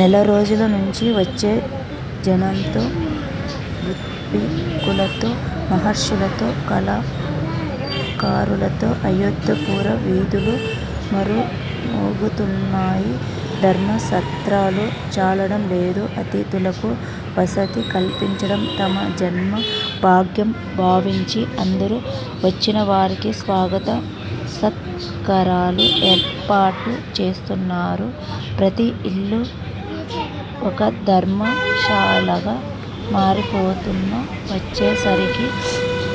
నెలరోజుల నుంచీ వచ్చే జనంతో, ఋత్విక్కులతో, మహర్షులతో, కళాకారులతో అయోధ్య పుర వీధులు మరుమోగుతున్నాయి. ధర్మసత్రాలు చాలడం లేదు. అతిథులకు వసతి కల్పించడం తమ జన్మ భాగ్యం భావించి అందరూ వచ్చినవారికి స్వాగత సత్కారాలు ఏర్పాటు చేస్తున్నారు. ప్రతి ఇల్లూ ఒక ధర్మశాలగా మారిపోతున్నా వచ్చేసరికి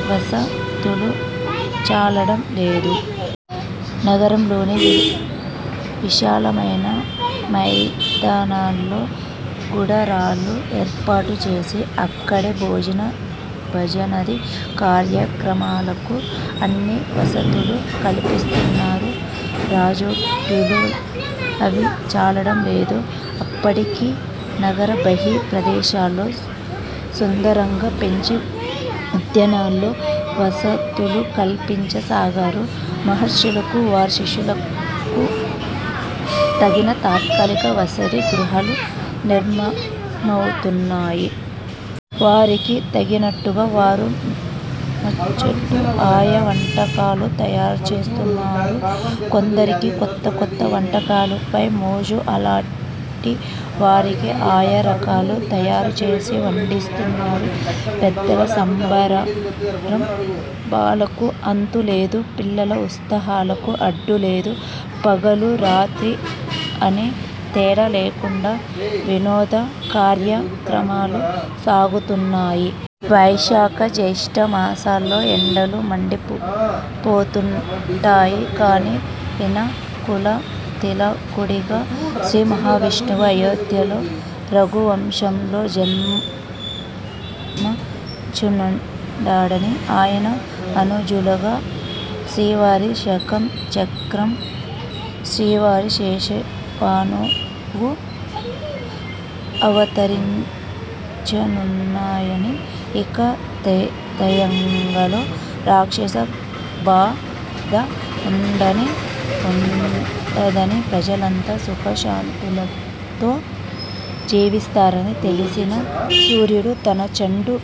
వసతులు చాలడం లేదు. నగరంలోని విశాలమైన మైదానాల్లో గుడారాలు ఏర్పాటుచేసి అక్కడే భోజన భాజనది కార్యక్రమాలకు అన్ని వసతులూ కల్పిస్తున్నారు రాజోద్యోగులు. అవీ చాలడం లేదు. అప్పుడికి నగర బహి ప్రదేశాల్లో సుందరంగా పెంచి ఉద్యానాల్లో వసతులు కల్పించసాగారు. మహర్షులకూ వారి శిష్యులకు తగిన తాత్కాలిక వసతి గృహాలు నిర్మిమవుతున్నాయి. వారికి తగినట్టుగా వారు మెచ్చేట్టు ఆయా వంటకాలు తయారు చేస్తున్నారు. కొందరికి కొత్త కొత్త వంటకాలపై మోజు. అలాంటి వారికి ఆయా రకాలు తయారుచేసి వడ్డిస్తున్నారు. పెద్దల సంభరాలకు అంతు లేదు. పిల్లల ఉత్సాహాలకి అడ్డు లేదు. పగలూ రాత్రీ అనే తేడా లేకుండా వినోద కార్యక్రమాలు సాగితున్నాయి. వైశాఖ జ్యేష్ట మాసాల్లో ఎండలు మండిపోతుంటాయి. కానీ ఇనకుల తిలకుడిగా శ్రీమహావిష్ణువు అయోధ్యలో రఘువంశంలో జన్మించన్నాడనీ, ఆయన అనుజులును శ్రీవారి శఖం, చక్రం, శ్రీవారి శేషపానుపూ అవతరించనున్నాయనీ, ఇక ఈ తెతాయగంలో రాక్షస బాధ ఉండనే ఉండదనీ, ప్రజలంతా సుఖ శాంతులతో జీవిస్తారనీ తెలిసిన సూర్యుడు తన చండు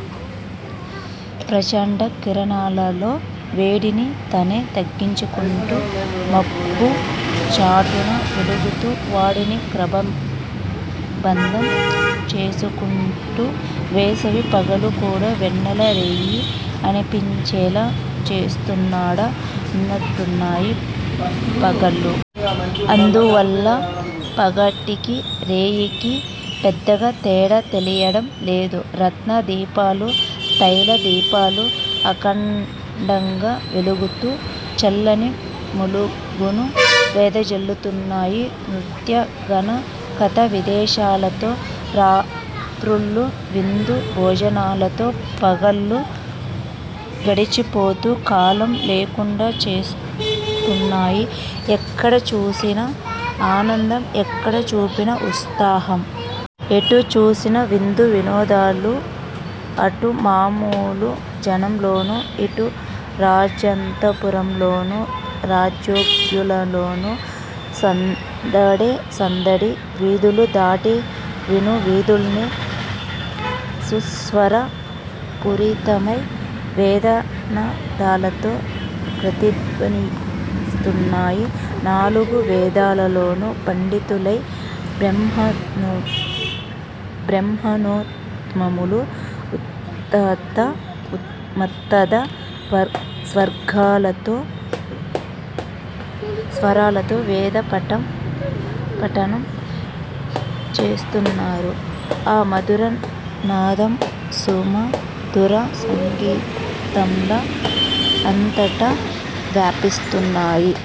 ప్రచండ కిరణాలలో వేడిని తనే తగ్గించుకుంటూ, మబ్బు చాటున వెలుగుతూ వాడిని క్రమబద్ధం చేసుకుంటూ వేసవి పగలు కూడా వెన్నెల రేయి అనిపించేలా చేస్తున్నాడా అన్నట్టున్నాయి పగళ్ళు. అందువల్ల పగటికీ రేయికీ పెద్దగా తేడా తెలియటం లేదు. రత్న దీపాలు, తైల దీపాలూ అఖండంగా వెలుగుతూ చల్లని వొలుగును వెదజల్లుతున్నాయి. నృత్య, గన, కథా విశేషాలతో రాత్రుళ్ళు, విందు భోజనాలతో పగళ్ళూ, గడిచిపోతూ కాలం లేకుండా చేస్తున్నాయి. ఎక్కడ చూసినా ఆనందం. ఎక్కడ చూపినా ఉత్సాహం. ఎటు చూసిన విందు వినోదాలు. అటు మామూలు జనంలోనూ, ఇటు రాజంతపురంలోను రాజ్యోద్యోగులలోనూ సందడే సందడి. వీధులు దాటి విను విధున్నీ సుస్వర పూరితమై, వేదానాదాలతో ప్రతిధ్వనిస్తున్నాయి. నాలుగు వేదాలల్లోనూ పండితులై బ్రాహ్మణత్తములు ఉత్తదా మత్తదా స్వరాలతో వేద పఠనం చేస్తున్నారు. ఆ మధుర నాదం సుమధుర సంగీతంలా అంతటా వ్యాపిస్తున్నాయి.